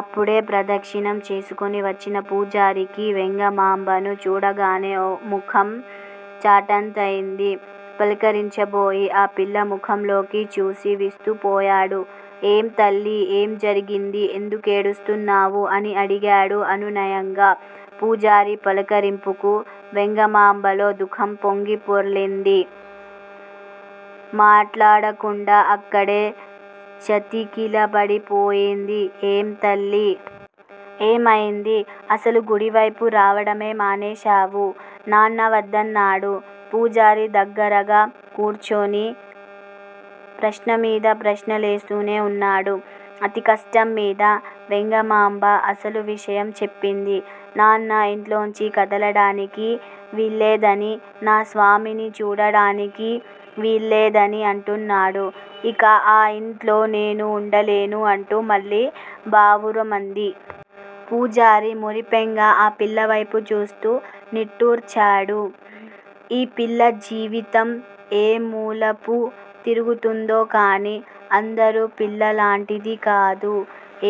అప్పుడే ప్రదక్షిణం చేసుకుని వచ్చిన పూజారికి వెంగమాంబను చూడగానే ముఖం చాటంతయింది. పలకరించబోయి ఆపిల్ల ముఖంలోకి చూసి విస్తుపోయాడు. ఏం తల్లీ? ఏం జరిగింది? ఎందుకేడుస్తున్నావు? అని అడిగాడు అనునయంగా. పూజారి పలకరింపుకు వెంగమాంబలో దుఃఖం పొంగి పొర్లింది. మాట్లాడకుండా అక్కడే చతికిలబడిపోయింది. ఏం తల్లీ! ఏమయింది? అసలు గుడివైపు రావడమే మానేశావు. నాన్న వద్దన్నాడా? పూజారి దగ్గరగా కూర్చుని ప్రశ్నమీద ప్రశ్నలేస్తూనే ఉన్నాడు. అతికష్టంమీద వెంగమాంబ అసలు విషయం చెప్పింది. నాన్న ఇంట్లోంచి కదలడానికి వీల్లేదని, నా స్వామిని చూడడానికి వీల్లేదని అంటున్నాడు. ఇక ఆ యింట్లో నేను ఉండలేను అంటూ మళ్ళీ బావురుమంది. పూజారి మురిపెంగా ఆ పిల్లవైపు చూస్తూ నిట్టూర్చాడు. ఈ పిల్ల జీవితం ఏ మలుపు తిరుగుతుందో కానీ, అందరు పిల్లల్లాంటిది కాదు.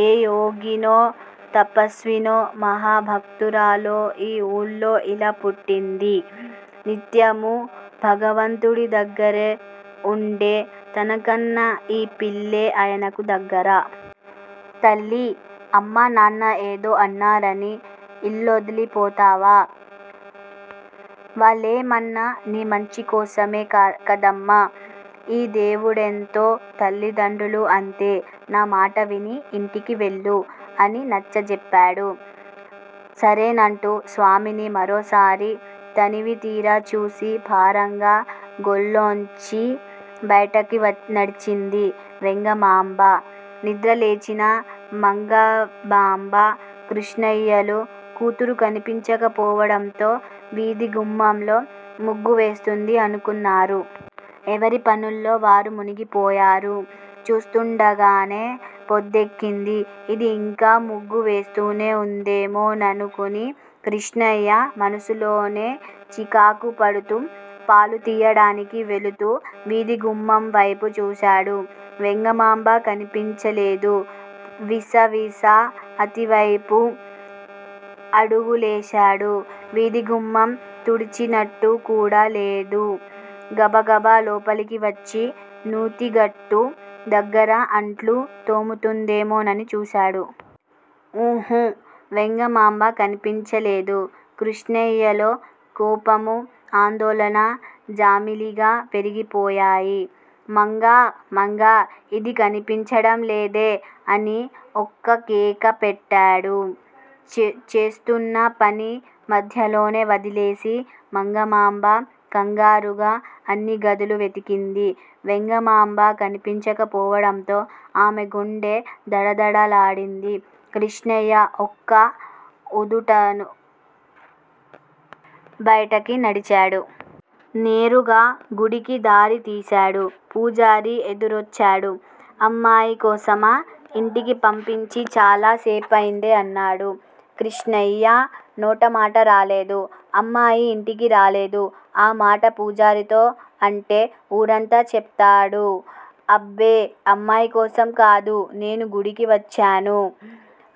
ఏ యోగినో, తపస్వినో, మహాభక్తురాలో ఈ ఊళ్లో ఇలా పుట్టింది. నిత్యమూ భగవంతుడి దగ్గరే ఉండే తనకన్నా ఈ పిల్లే ఆయనకు దగ్గర. తల్లీ! అమ్మా నాన్న ఏదో అన్నారని ఇల్లొదిలిపోతావా? వాళ్ళేమన్నా నీ మంచి కోసమే కదమ్మా. ఈ దేవుడెంతో తల్లిదండ్రులూ అంతే. నా మాట విని ఇంటికి వెళ్ళు అని నచ్చజెప్పాడు. సరేనంటూ స్వామిని మరోసారి తనివితీరా చూసి భారంగా గుళ్ళోంచి బయటికి వచ్చి నడిచింది వెంగమాంబ. నిద్రలేచిన మంగమాంబ, కృష్ణయ్యలు కూతురు కనిపించకపోవడంతో వీథిగుమ్మంలో ముగ్గు వేస్తోంది అనుకున్నారు. ఎవరి పనుల్లో వారు మునిగిపోయారు. చూస్తూండగానే పొద్దెక్కింది. ఇది ఇంకా ముగ్గు వేస్తూనే ఉందేమోననుకుని కృష్ణయ్య మనసులోనే చికాకుపడుతూ పాలు తీయడానికి వెళుతూ వీథిగుమ్మంవైపు చూశాడు. వెంగమాంబ కనిపించలేదు. విసవిసా అతివైపు అడుగులేశాడు. వీథిగుమ్మం తుడిచినట్టు కూడా లేదు. గబగబ లోపలికి వచ్చి, నూతిగట్టు దగ్గర అంట్లు తోముతుందేమోనని చూశాడు. ఉహూఁ వెంగమాంబ కనిపించలేదు. కృష్ణయ్యలో కోపమూ, ఆందోళన జమిలిగా పెరిగిపోయాయి. మంగా మంగా ఇది కనిపించడం లేదే అని ఒక్కకేకపెట్టాడు. చే చేస్తున్న పని మధ్యలోనే వదిలేసి మంగమాంబ కంగారుగా అన్ని గదులూ వెతికింది. వెంగమాంబ కనిపించకపోవడంతో ఆమె గుండె దడదడలాడింది. కృష్ణయ్య ఒక్క ఉదుటున బయటికి నడిచాడు. నేరుగా గుడికి దారి తీశాడు. పూజారి ఎదురొచ్చాడు. అమ్మాయి కోసమా? ఇంటికి పంపించి చాలా సేపయిందే అన్నాడు. కృష్ణయ్య నోటమాట రాలేదు. అమ్మాయి ఇంటికి రాలేదు ఆమాట పూజారితో అంటే ఊరంతా చెప్తాడు. అబ్బే అమ్మాయికోసం కాదు. నేను గుడికి వచ్చాను.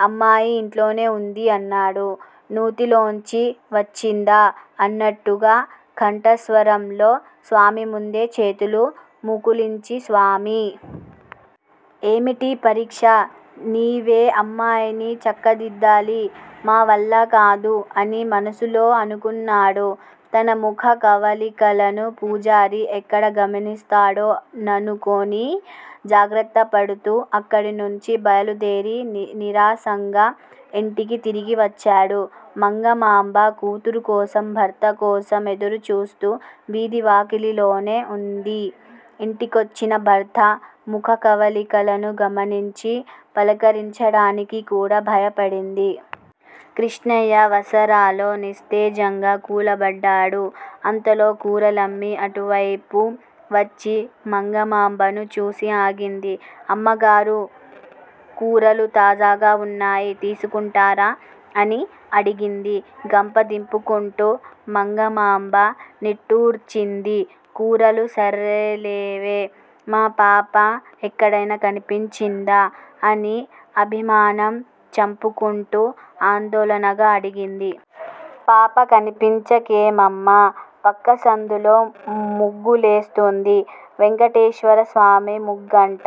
అమ్మాయి ఇంట్లోనే ఉంది అన్నాడు నూతిలోంచి వచ్చిందా అన్నట్టున్న కంఠస్వరంతో స్వామిముందు చేతులు ముకుళించి స్వామీ! ఏమిటీ పరీక్ష! నీవే అమ్మాయిని చక్కదిద్డాలి. మావల్ల కాదు అని మనసులో అనుకున్నాడు. తన ముఖ కవళికలను పూజారి ఎక్కడ గమనిస్తాడో ననుకుని జాగ్రత్తపడుతూ అక్కడినుంచి బయలుదేరి నీ నీరసంగా ఇంటికి తిరిగి వచ్చాడు. మంగమాంబ కూతురు కోసం, భర్త కోసం ఎదురుచూస్తూ వీథివాకిలిలోనే ఉంది. ఇంటికొచ్చిన భర్త ముఖకవళికలను గమనించి, పలకరించడానికి కూడా భయపడింది. కృష్ణయ్య వసారాలో నిస్తేజంగా కూలబడ్డాడు. అంతలో కూరలమ్మి అటువైపుగా వచ్చి, మంగమాంబను చూసి ఆగింది. అమ్మగారూ, కూరలు తాజాగా వున్నాయి. తీసుకుంటారా? అని అడిగింది గంప దింపుకుంటూ. మంగమాంబ నిట్టూర్చింది. 'కూరలు సరేలేవే. మాపాప ఎక్కడైనా కనిపించిందా? ' అని అభిమానం చంపుకుంటూ, ఆందోళనగా అడిగింది. పాప కనిపించకేమమ్మా! పక్క సందులో ముగ్గులేస్తోంది. వెంటేశ్వర స్వామి ముగ్గంట.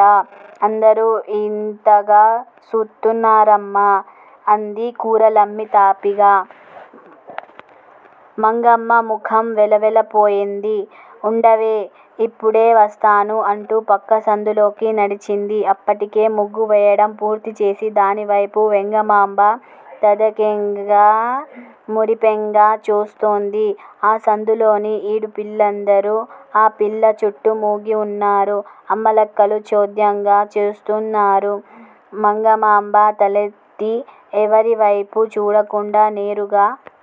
అందరూ ఇంతగా సూత్తున్నారమ్మా! అంది కూరలమ్మి తాపీగా. మంగమ్మ ముఖం వెలవెలపోయింది. ఉండవే, ఇప్పుడే వస్తాను అంటూ పక్క సందులోకి నడిచింది. అప్పటికే ముగ్గువేయడం పూర్తీచేసి దానివైపే వెంగమాంబ తదేకంగా, మురిపెంగా చూస్తోంద్. ఆ సందులోని ఈడు పిల్లందరూ ఆ పిల్ల చుట్టూ మూగి ఉన్నారు. అమ్మలక్కలు చోద్యంగా చూస్తున్నారు. మంగమాంబ తలెత్తి ఎవరివైపూ చూడకుండా, నేరుగా